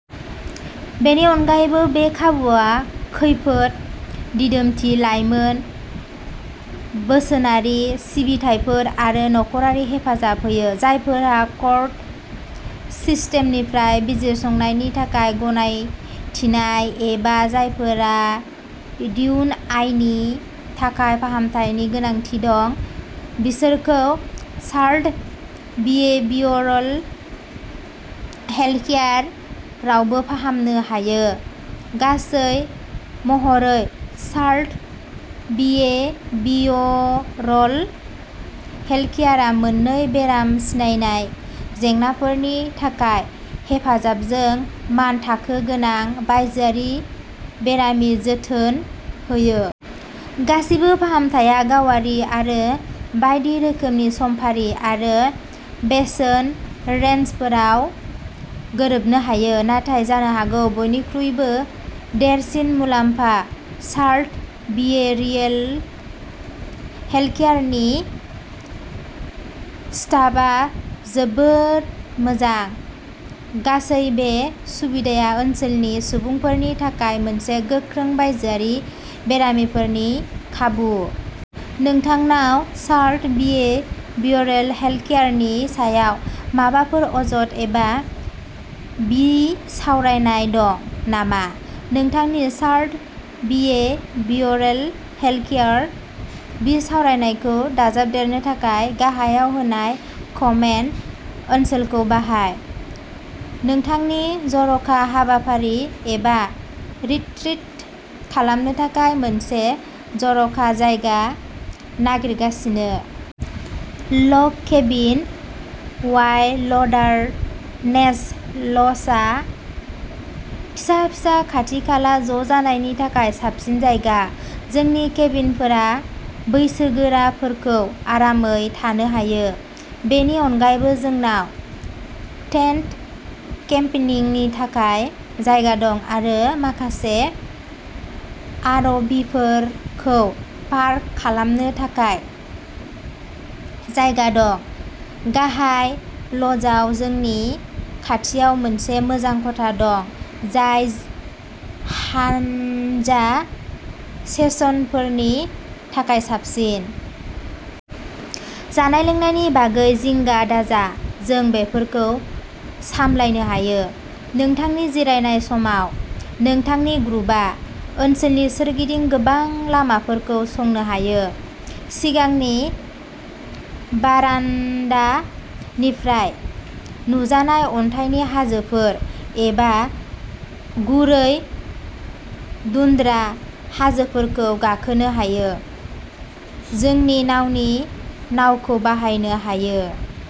बेनि अनगायैबो, बे खाबुआ खैफोद दिदोमथि, लाइमोन बोसोनारि सिबिथाइफोर आरो नखरारि हेफाजाब होयो। जायफोरा कर्ट सिस्टेमनिफ्राय बिजिरसंनायनि थाखाय गनायथिनाय एबा जायफोरा डिइउआइनि थाखाय फाहामथायनि गोनांथि दं, बिसोरखौ शार्लट बिहेवियरल हेल्थकेयारआवबो फाहामनो हायो। गासै महरै, शार्लट बिहेवियरल हेल्थकेयारआ मोन्नै बेराम सिनायनाय जेंनाफोरनि थाखाय हेफाजाबजों मानथाखो गोनां बायजोआरि बेरामि जोथोन होयो। गासैबो फाहामथाया गावारि आरो बायदि रोखोमनि समफारि आरो बेसेन रेन्जफोराव गोरोबनो हायो, नाथाय जानो हागौ बयनिख्रुइबो देरसिन मुलाम्फा शार्लट बिहेवियरल हेल्थकेयारनि स्टाफआ जोबोद मोजां। गासै बे सुबिदाया ओनसोलनि सुबुंफोरनि थाखाय मोनसे गोख्रों बायजोआरि बेरामिफोरनि खाबु। नोंथांनाव शार्लट बिहेवियरल हेल्थकेयारनि सायाव माबाफोर अजद एबा बिसावरायनाय दं नामा? नोंथांनि शार्लट बिहेवियरल हेल्थकेयार बिसावरायनायखौ दाजाबदेरनो थाखाय गाहायाव होनाय कमेन्ट ओनसोलखौ बाहाय। नोंथांनि जर'खा हाबाफारि एबा रिट्रिट खालामनो थाखाय मोनसे जर'खा जायगा नागिरगासिनो? लग केबिन वाइल्डारनेस ल'जआ फिसा-फिसा खाथि-खाला ज'जानायनि थाखाय साबसिन जायगा। जोंनि केबिनफोरा बैसोगोराफोरखौ आरामै थानो हायो। बेनि अनगायैबो जोंनाव टेन्ट केम्पिंनि थाखाय जायगा दं आरो माखासे आरभिफोरखौ पार्क खालामनो थाखाय जायगा दं। गाहाय ल'जआव जोंनि खाथियाव मोनसे मोजां खथा दं जाय हानजा सेसनफोरनि थाखाय साबसिन। जानाय-लोंनायनि बागै जिंगा दाजा, जों बेखौबो सामलायनो हायो। नोंथांनि जिरायनाय समाव नोंथांनि ग्रुपआ ओनसोलनि सोरगिदिं गोबां लामाफोरखौ संनो हायो, सिगांनि बारान्दानिफ्राय नुजानाय अन्थाइनि हाजोफोर एबा गुरै टुन्ड्रा हाजोफोरखौ गाखोनो हायो, जोंनि नावनि नावखौ बाहायनो हायो।